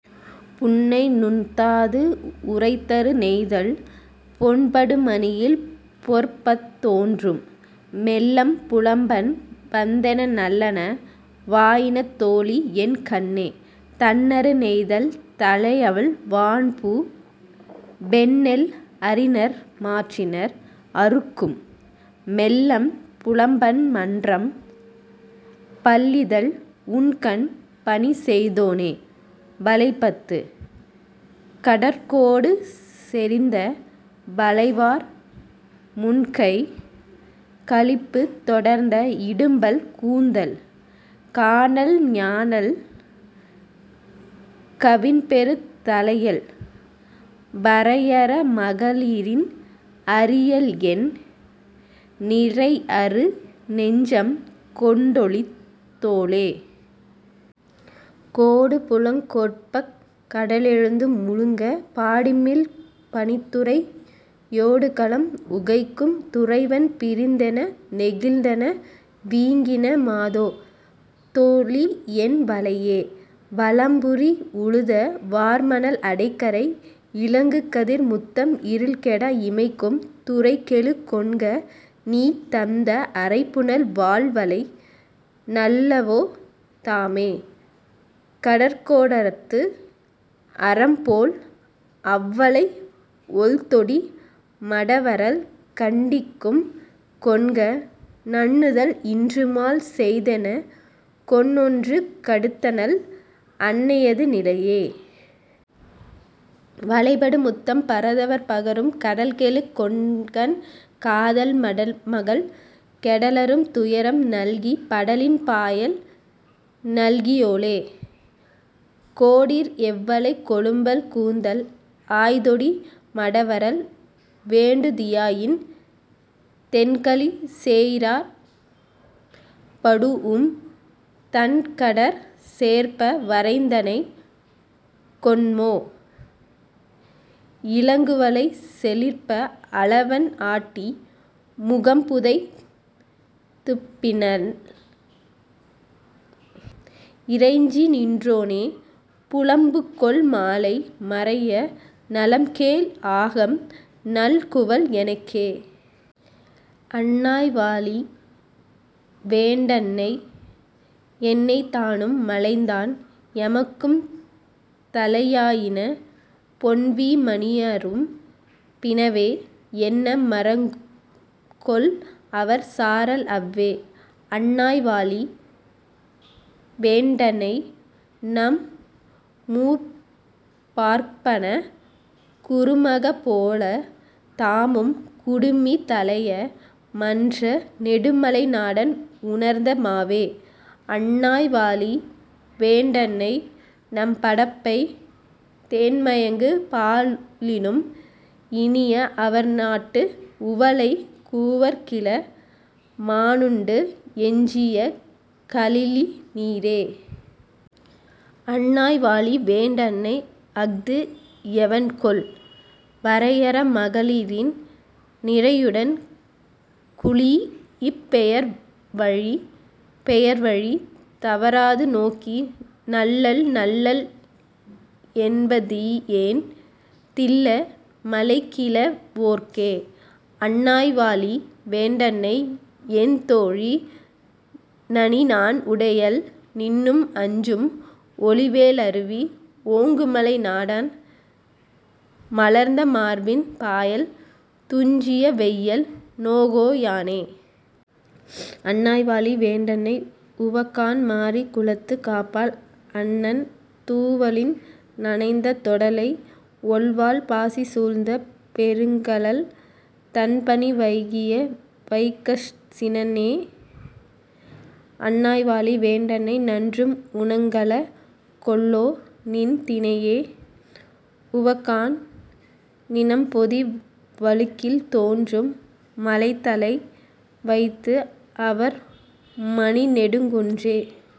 புன்னை நுன்தாது உறைத்தரு நெய்தல் பொன்படு மணியில் பொற்பத் தோன்றும் மெல்லம் புலம்பன் வந்தென நல்லன வாயின தோழியென் கண்ணே. தண்ணறு நெய்தல் தளையவிழ் வான்பூ வெண்ணெல் அரிநர் மாற்றினர் அறுக்கும் மெல்லம் புலம்பன் மன்றஎம் பல்லிதழ் உண்கண் பனிசெய் தோனே..வளைப் பத்து. கடற்கோடு செறிந்த வளைவார் முன்கைக் கழிப்புத் தொடர்ந்த இடும்பல் கூந்தல் கானல் ஞாழற் கவின்பெறு தழையள் வரையர மகளிரின் அரியள்என் நிறையரு நெஞ்சம் கொண்டொளித் தோளே. கோடுபுலங் கொட்பக் கடலெழுந்து முழுங்கப் பாடிமிழ் பனித்துறை யோடுகலம் உகைக்கும் துறைவன் பிரிந்தென நெகிழ்ந்தன வீங்கின மாதோ தோழிஎன் வளையே. வலம்புரியுழுத வார்மணல் அடைகரை இலங்குகதிர் முத்தம் இருள்கெட இமைக்கும் துரைகெழு கொண்கநீ தந்த அறைபுனல் வால்வளை நல்லவோ தாமே. கடற்கோ டறுத்த அரம்போழ் அவ்வளை ஒள்தொடி மடவரல் கண்டிக்கும் கொண்க நன்னுதல் இன்றுமால் செய்தெனக் கொன்ஒன்று கடுத்தனள் அன்னையது நிலையே. வளைபடு முத்தம் பரதவர் பகரும் கடல்கெழு கொண்கன் காதல் மடமகள் கெடலரும் துயரம் நல்கிப் படலின் பாயல் நல்கி யோளெ. கோடீர் எவ்வளைக் கொழும்பல் கூந்தல் ஆய்தொடி மடவரல் வேண்டுதி யாயின் தென்கழி சேயிறாப் படூஉம் தன்கடற் சேர்ப்ப வரைந்தனை கொண்மோ. இலங்குவளை செளிர்ப்ப அலவன் ஆட்டி முகம்புதை ச்துப்பினள் இறைஞ்ச்நின் றோனே புலம்புகொள் மாலை மறைய நலம்கேழ் ஆகம் நல்குவள் எனக்கே. அன்னாய் வாழிவேண் டன்னை என்னை தானும் மலைந்தான் எமக்கும் தழையாயின பொன்வீ மணியரும் பினவே என்ன மரம்கொல்அவர் சாரல் அவ்வே. அன்னாய் வாழிவேண் டன்னை நம்மூர்ப் பார்ப்பனக் குறுமகப் போலத் தாமும் குடுமித் தலைய மன்ற நெடுமலை நாடன் ஊர்ந்த மாவே. அன்னாய் வாழிவேன் டன்னைநம் படப்பை தேன்மயங்கு பாலினும் இனிய அவர்நாட்டு உவலை கூவற் கீழ மானுண்டு எஞ்சிய கலிழி நீரே. அன்னாய் வாழிவேண் டன்னைஅஃது எவன்கொல் வரையர மகளிரின் நிரையுடன் குழீஇப் பெயர்வழிப் பெயர் வழித் தவராது நோக்கி நல்லள் நல்லள் என்ப தீயேன் தில்ல மலைகிழ வோர்க்கே. அன்னாய் வாழிவேண் டன்னையென் தோழி நனிநான் உடையள் நின்னும் அஞ்சும் ஒலிவெள் ளருவி ஓங்குமலை நாடன் மலர்ந்த மார்பின் பாயல் துஞ்சிய வெய்யள் நோகோ யானே. அன்னாய் வாழிவேண் டன்னை உவக்காண் மாரிக் குளத்துக் காப்பாள் அன்னன் தூவலின் நனைந்த தொடலை ஒள்வாள் பாசி சூழ்ந்த பெருங்கழல் தண்பனி வைகிய வைக்கச் சினனே. அன்னாய் வாழிவேண் டன்னை நன்றும் உணங்கல கொல்லோநின் தினையே உவக்காண் நிணம்பொதி வழுக்கில் தோன்றும் மழைத்தலை வைத்துஅவர் மணிநெடுங் குன்றே.